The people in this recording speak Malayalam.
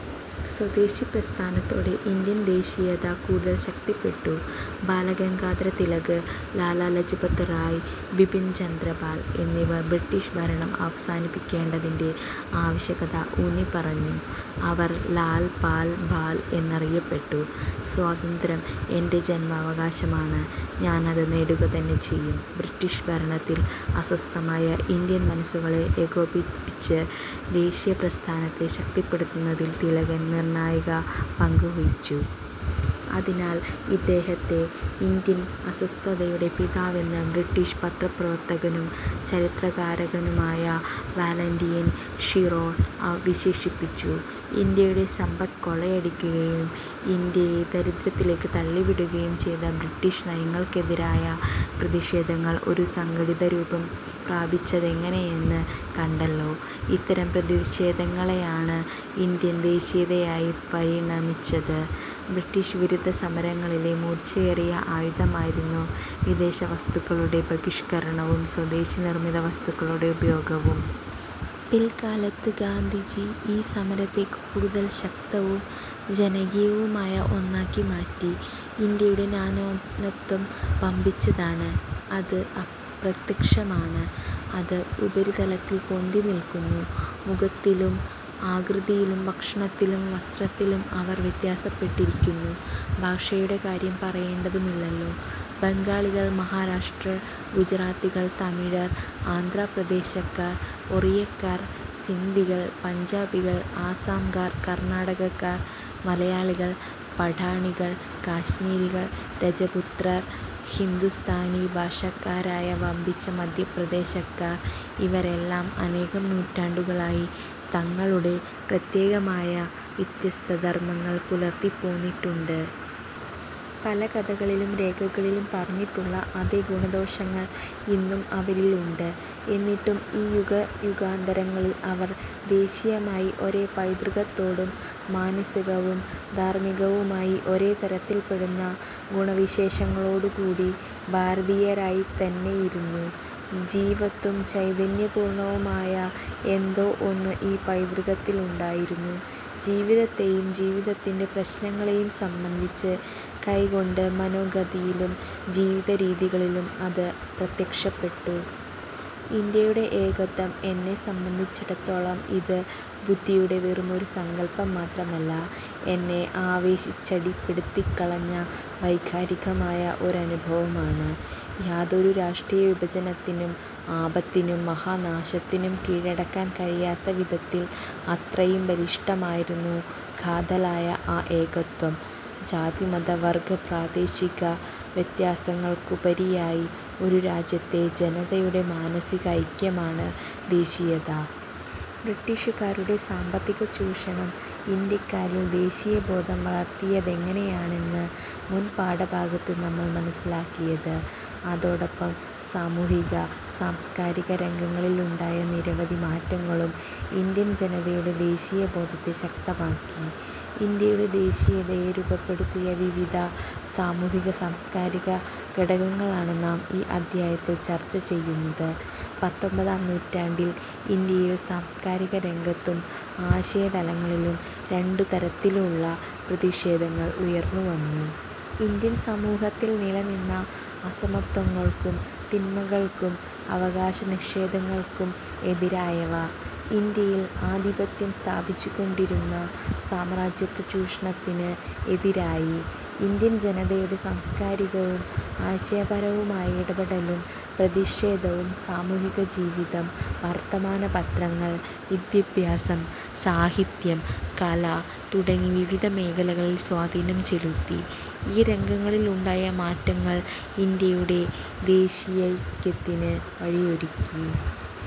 സ്വദേശി പ്രസ്ഥാനത്തോടെ ഇന്ത്യൻ ദേശീയത കൂടുതൽ ശക്തിപ്പെട്ടു. ബാല ഗംഗാധര തിലക്, ലാലാ ലജ്പത് റായ്, ബിപിൻ ചന്ദ്രപാൽ എന്നിവർ ബ്രിട്ടീഷ് ഭരണം അവസാനിപ്പിക്കേണ്ടതിന്റെ ആവശ്യകത ഊന്നിപ്പറഞ്ഞു. അവർ ലാൽ -പാൽ-ബാൽ എന്നറിയപ്പെട്ടു. "സ്വാതന്ത്ര്യം എന്റെ ജൻമാവകാശമാണ്. ഞാൻ അത് നേടുകതന്നെ ചെയ്യും. ബ്രിട്ടീഷ് ഭരണത്തിൽ അസ്വസ്ഥമായ ഇന്ത്യൻ മനസുകളെ ഏകോപിപ്പിച്ച് ദേശീയ പ്രസ്ഥാനത്തെ ശക്തിപ്പെടുത്തുന്നതിൽ തിലകൻ നിർണായക പങ്കു വഹിച്ചു. ഇതിനാൽ ഇദ്ദേഹത്തെ ഇന്ത്യൻ അസ്വസ്ഥതയുടടെ പിതാവെന്ന് ബ്രിട്ടീഷ് പത്രപ്രവർത്തകനും ചരിത്രകാരനുമായ വാലന്റയിൻ ഷിറോൾ വിശേഷിപ്പിച്ചു. ഇന്ത്യയുടെ സമ്പത്ത് കൊള്ളയടിക്കുകയും ഇന്ത്യയെ ദാരിദ്ര്യത്തിലേക്ക് തള്ളിവിടുകയും ചെയ്ത ബ്രിട്ടീഷ് നയങ്ങൾക്കെതിരായ പ്രതിഷേധങ്ങൾ ഒരു സംഘടിതരൂപം പ്രാപിച്ചതെങ്ങനെയെന്ന് കണ്ടല്ലോ. ഇത്തരം പ്രതിഷേധങ്ങളാണ് ഇന്ത്യൻ ദേശീയതയായി പരിണമിച്ചത്. ബ്രിട്ടീഷ് വിരുദ്ധ സമരങ്ങളിലെ മൂർച്ചയേറിയ ആയുധമായിരുന്നു വിദേശവസ്തുക്കളുടെ ബഹിഷ്കരണവും സ്വദേശി നിർമിത വസ്തുക്കളുടെ ഉപയോഗവും. പിൽക്കാലത്ത് ഗാന്ധിജി ഈ സമരത്തെ കൂടുതൽ ശക്തവും ജനകീയവുമായ ഒന്നാക്കി മാറ്റി. ഇന്ത്യയുടെ നാനാത്വം വമ്പിച്ചതാണ്. അത് പ്രത്യക്ഷമാണ്. അത് ഉപരിതലത്തിൽ പൊന്തിനിൽക്കുന്നു. മുഖത്തിലും ആകൃതിയിലും ഭക്ഷണത്തിലും വസ്ത്രത്തിലും അവർ വ്യത്യാസപ്പെട്ടിരിക്കുന്നു. ഭാഷയുടെ കാര്യം പറയേണ്ടതുമില്ലല്ലോ. ബംഗാളികൾ, മഹാരാഷ്ട്രർ, ഗുജറാത്തികൾ, തമിഴർ, ആന്ധ്രാപ്രദേശക്കാർ, ഒറിയക്കാർ, സിന്ധികൾ, പഞ്ചാബികൾ, ആസ്സാംകാർ, കർണാടകക്കാർ, മലയാളികൾ, പഠാണികൾ, കാശ്മീരികൾ, രജപുത്രർ, ഹിന്ദുസ്ഥാനി ഭാഷക്കാരായ വമ്പിച്ച മധ്യദേശക്കാർ ഇവരെല്ലാം അനേകം നൂറ്റാണ്ടുകളായി തങ്ങളുടെ പ്രത്യേകമായ വ്യത്യസ്ത ധർമങ്ങൾ പുലർത്തിപ്പോന്നിട്ടുണ്ട്. പല കഥകളിലും രേഖകളിലും പറഞ്ഞിട്ടുള്ള അതേ ഗുണദോഷങ്ങൾ ഇന്നും അവരിലുണ്ട്. എന്നിട്ടും ഈ യുഗയുഗാന്തരങ്ങളിൽ അവർ ദേശീയമായി ഒരേ പൈതൃകത്തോടും മാനസികവും ധാർമികവുമായി ഒരേ തരത്തിൽപ്പെടുന്ന ഗുണവിശേഷങ്ങളോടുംകൂടി ഭാരതീയരായി തന്നെയിരുന്നു. ജീവത്തും ചൈതന്യപൂർണവുമായ എന്തോ ഒന്ന് ഈ പൈതൃകത്തിലുണ്ടായിരുന്നു. ജീവിതത്തെയും ജീവിതത്തിന്റെ പ്രശ്നങ്ങളെയും സംബന്ധിച്ച് കൈക്കൊണ്ട് മനോഗതിയിലും ജീവിതരീതികളിലും അതു പ്രത്യക്ഷപ്പെട്ടു. ഇന്ത്യയുടെ ഏകത്വം എന്നെ സംബന്ധിച്ചിടത്തോളം ഇത് ബുദ്ധിയുടെ വെറുമൊരു സങ്കൽപ്പം മാത്രമല്ല; എന്നെ ആവേശിച്ചടിപ്പെടുത്തിക്കളഞ്ഞ വൈകാരികമായ ഒരനുഭവമാണ്. യാതൊരു രാഷ്ട്രീയവിഭജനത്തിനും ആപത്തിനും മഹാനാശത്തിനും കീഴടക്കാൻ കഴിയാത്ത വിധത്തിൽ അത്രയും ബലിഷ്ഠമായിരുന്നു കാതലായ ആ ഏകത്വം. ജാതി-മത-വർഗ-പ്രാദേശിക വ്യത്യാസങ്ങൾക്കുപരിയായി ഒരു രാജ്യത്തെ ജനതയുടെ മാനസിക ഐക്യമാണ് ദേശീയത. ബ്രിട്ടീഷുകാരുടെ സാമ്പത്തികചൂഷണം ഇന്ത്യക്കാരിൽ ദേശീയബോധം വളർത്തിയതെങ്ങനെയെന്നാണ് മുൻപാഠഭാഗത്ത് നമ്മൾ മനസ്സിലാക്കിയത്. അതോടൊപ്പം സാമൂഹിക-സാംസ്കാരിക രംഗങ്ങളിലുണ്ടായ നിരവധി മാറ്റങ്ങളും ഇന്ത്യൻ ജനതയുടെ ദേശീയബോധത്തെ ശക്തമാക്കി. ഇന്ത്യയുടെ ദേശീയതയെ രൂപപ്പെടുത്തിയ വിവിധ സാമൂഹിക-സാംസ്കാരിക ഘടകങ്ങളാണ് നാം ഈ അധ്യായത്തിൽ ചർച്ചചെയ്യുന്നത്. പത്തൊമ്പതാം നൂറ്റാണ്ടിൽ ഇന്ത്യയിൽ സാംസ്കാരിക രംഗത്തും ആശയ തലങ്ങളിലും രണ്ടു തരത്തിലുള്ള പ്രതിഷേധങ്ങൾ ഉയർന്നുവന്നു. ഇന്ത്യൻ സമൂഹത്തിൽ നിലനിന്ന അസമത്വങ്ങൾക്കും തിന്മകൾക്കും അവകാശനിഷേധങ്ങൾക്കും എതിരായവ. ഇന്ത്യയിൽ ആധിപത്യം സ്ഥാപിച്ചുകൊണ്ടിരുന്ന സാമ്രാജ്യത്വ ചൂഷണത്തിന് എതിരായി. ഇന്ത്യൻ ജനതയുടെ സാംസ്കാരികവും ആശയപരവുമായ ഇടപെടലും പ്രതിഷേധവും സാമൂഹികജീവിതം, വർത്തമാനപത്രങ്ങൾ, വിദ്യാഭ്യാസം, സാഹിത്യം, കല തുടങ്ങി വിവിധ മേഖലകളിൽ സ്വാധീനം ചെലുത്തി. ഈ രംഗങ്ങളിലുണ്ടായ മാറ്റങ്ങൾ ഇന്ത്യയുടെ ദേശീയൈക്യത്തിന് വഴിയൊരുക്കി.